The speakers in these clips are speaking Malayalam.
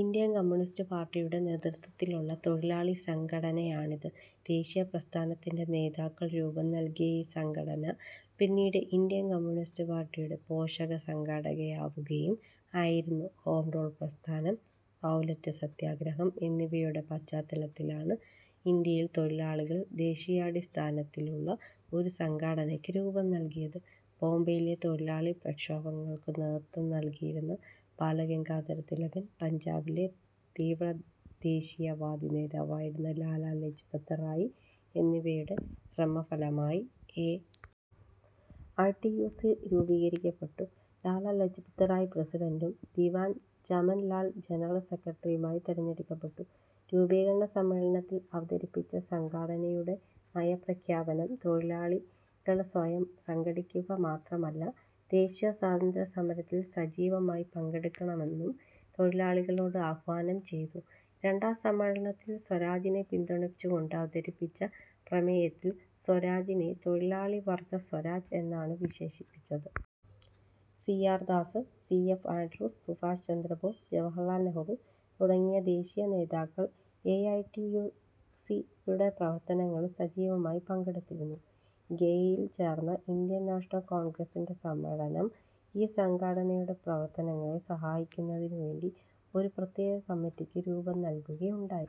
ഇന്ത്യൻ കമ്യൂണിസ്റ്റുപാർട്ടിയുടെ നേതൃത്വത്തിലുള്ള തൊഴിലാളി സംഘടനയാണിത്. ദേശീയ പ്രസ്ഥാനത്തിന്റെ നേതാക്കൾ രൂപം നൽകിയ ഈ സംഘടന പിന്നീട് ഇന്ത്യൻ കമ്യൂണിസ്റ്റുപാർട്ടിയുടെ പോഷക സംഘടനയാവുകയും ആയിരുന്നു. ഹോംറൂൾ പ്രസ്ഥാനം, റൗലറ്റ് സത്യഗ്രഹം എന്നിവയുടെ പശ്ചാത്തലത്തിലാണ് ഇന്ത്യയിൽ തൊഴിലാളികൾ ദേശീയാടിസ്ഥാനത്തിലുള്ള ഒരു സംഘടനയ്ക്കു രൂപംനൽകിയത്. ബോംബെയിലെ തൊഴിലാളി പ്രക്ഷോഭങ്ങൾക്കു നേതൃത്വം നൽകിയിരുന്ന ബാലഗംഗാധര തിലകൻ, പഞ്ചാബിലെ തീവ്രദേശീയവാദി നേതാവായിരുന്ന ലാലാ ലജ്പത് റായ് എന്നിവരുടെ ശ്രമഫലമായി A. I. T. U. C. രൂപീകരിക്കപ്പെട്ടു. ലാലാ ലജ്പത് റായ് പ്രസിഡന്റും ദിവാൻ ചമൻ ലാൽ ജനറൽ സെക്രട്ടറിയുമായി തെരഞ്ഞെടുക്കപ്പെട്ടു. രൂപീകരണ സമ്മേളനത്തിൽ അവതരിപ്പിച്ച സംഘടനയുടെ നയപ്രഖ്യാപനം, തൊഴിലാളികൾ സ്വയം സംഘടിക്കുക മാത്രമല്ല, ദേശീയ സ്വാതന്ത്യസമരത്തിൽ സജീവമായി പങ്കെടുക്കണമെന്നും ' തൊഴിലാളികളോട് ആഹ്വാനം ചെയ്തു. രണ്ടാം സമ്മേളനത്തിൽ സ്വരാജിനെ പിന്തുണച്ചുകൊണ്ട് അവതരിപ്പിച്ച പ്രമേയത്തിൽ, സ്വരാജിനെ തൊഴിലാളിവർഗ സ്വരാജ് എന്നാണ് വിശേഷിപ്പിച്ചത്. C. R. Das, C. F. Andrews, Subhash Chandrabose, Jawaharlal Nehru തുടങ്ങിയ ദേശീയ നേതാക്കൾ A. I. T. U. C. യുടെ പ്രവർത്തനങ്ങള് സജീവമായി പങ്കെടുത്തിരുന്നു. ഗയയിൽ ചേർന്ന ഇന്ത്യൻ നാഷണൽ കോൺഗ്രസ്സിന്റെ സമ്മേളനം ഈ സംഘാടനയുടെ പ്രവർത്തനങ്ങളെ സഹായിക്കുന്നതിനുവേണ്ടി ഒരു പ്രത്യേക കമ്മിറ്റിയ്ക്കു രൂപം നൽകുകയുണ്ടായി.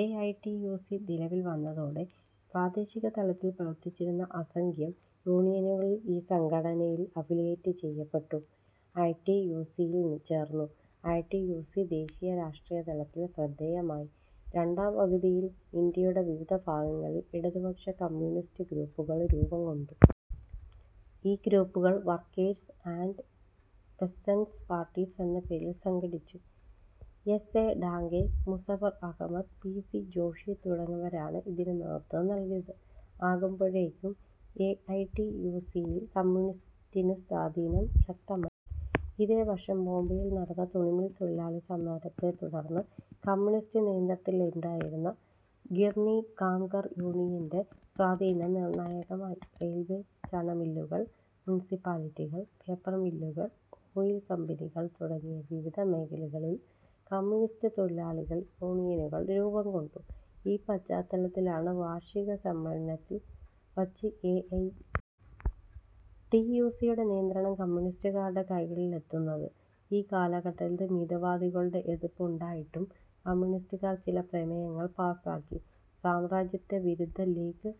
A. I. T. U. C. നിലവിൽവന്നതോടെ പ്രാദേശികതലത്തിൽ പ്രവർത്തിച്ചിരുന്ന അസംഖ്യം യൂണിയനുകൾ ഈ സംഘടനയിൽ അഫിലിയേറ്റ് ചെയ്യപ്പെട്ടു. ഐ. ടി. യു. സി. യിൽ ചേർന്നു. ഐ. ടി. യു. സി. ദേശീയ രാഷ്ട്രീയതലത്തിൽ ശ്രദ്ധേയമായി. രണ്ടാംപകുതിയിൽ ഇന്ത്യയുടെ വിവിധ ഭാഗങ്ങളിൽ ഇടതുപക്ഷ-കമ്യൂണിസ്റ്റു ഗ്രൂപ്പുകൾ രൂപംകൊണ്ടു. ഈ ഗ്രൂപ്പുകൾ ' വർക്കേഴ്സ് ആൻഡ് പെസന്റ്സ് പാർട്ടീസ് ' എന്ന പേരിൽ സംഘടിച്ചു. S. A. Dange, Muzaffar Ahmad, P. C. Joshi തുടങ്ങിയവരാണ് ഇതിനു നേതൃത്വം നൽകിയത്. ആകുമ്പോഴേക്കും A. I. T. U. C. യിൽ കമ്യൂണിസ്റ്റു സ്വാധീനം ശക്തമായി. ഇതേവർഷം ബോംബെയിൽ നടന്ന തുണിമിൽ തൊഴിലാളി സമരത്തെത്തുടർന്ന്, കമ്യൂണിസ്റ്റു നിയന്ത്രണത്തിലുണ്ടായിരുന്ന ഗിർനി കാംകർ യൂണിയന്റെ, സ്വാധീനം നിർണായകമായി. റെയിൽവെ, ചണമില്ലുകൾ, മുനിസിപ്പാലിറ്റികൾ, പേപ്പർമില്ലുകൾ, ഓയിൽ കമ്പനികൾ തുടങ്ങിയ വിവിധ മേഖലകളിൽ കമ്യൂണിസ്റ്റു തൊഴിലാളികൾ യൂണിയനുകൾ രൂപംകൊണ്ടു. ഈ പശ്ചാത്തലത്തിലാണ് വാർഷിക സമ്മേളനത്തിൽ വച്ച് A. I. T. U. C. യുടെ നിയന്ത്രണം കമ്യൂണിസ്റ്റുകാരുടെ കൈകളിലെത്തുന്നത്. ഈ കാലഘട്ടത്തിൽ മിതവാദികളുടെ എതിർപ്പുണ്ടായിട്ടും കമ്യൂണിസ്റ്റുകാർ ചില പ്രമേയങ്ങൾ പാസ്സാക്കി. സാമ്രാജ്യത്വവിരുദ്ധ league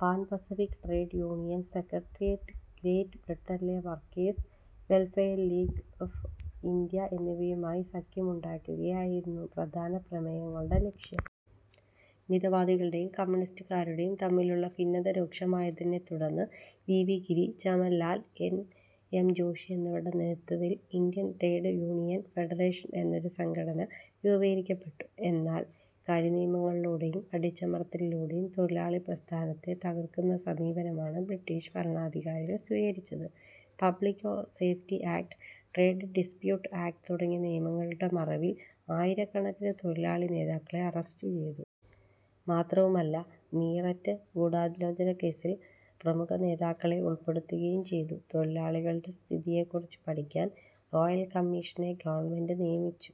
pan pacific trade union secretariat great ബ്രിട്ടനിലെ workers welfare league of India എന്നിവയുമായി സഖ്യമുണ്ടാക്കുകയായിരുന്നു പ്രധാന പ്രമേയങ്ങളുടെ ലക്ഷ്യം. മിതവാദികളും കമ്യൂണിസ്റ്റുകാരും തമ്മിലുള്ള ഭിന്നത രൂക്ഷമായതിനെ തുടർന്ന്, V. V. Giri, Chaman Lal, N. M. Joshi എന്നിവരുടെ നേതൃത്വത്തിൽ ഇന്ത്യൻ ട്രേഡ് യൂണിയൻ ഫെഡറേഷൻ എന്നൊരു സംഘടന രൂപീകരിക്കപ്പെട്ടു. എന്നാൽ, കരിനിയമങ്ങളിലൂടെയും അടിച്ചമർത്തലിലൂടെയും തൊഴിലാളിപ്രസ്ഥാനത്തെ തകർക്കുന്ന സമീപനമാണ് ബ്രിട്ടിഷ് ഭരണാധികാരികൾ സ്വീകരിച്ചത്. Public safety act, trade disputes act തുടങ്ങിയ നിയമങ്ങളുടെ മറവിൽ ആയിരക്കണക്കിന് തൊഴിലാളി നേതാക്കളെ അറസ്റ്റുചെയ്തു. മാത്രവുമല്ല, മീററ്റ് ഗൂഢാലോചനാ കേസ്സിൽ പ്രമുഖ നേതാക്കളെ ഉൾപ്പെടുത്തുകയും ചെയ്തു. തൊഴിലാളികളുടെ സ്ഥിതിയെക്കുറിച്ച് പഠിക്കാൻ റോയൽകമ്മിഷനെ ഗവൺമെന്റ് നിയമിച്ചു.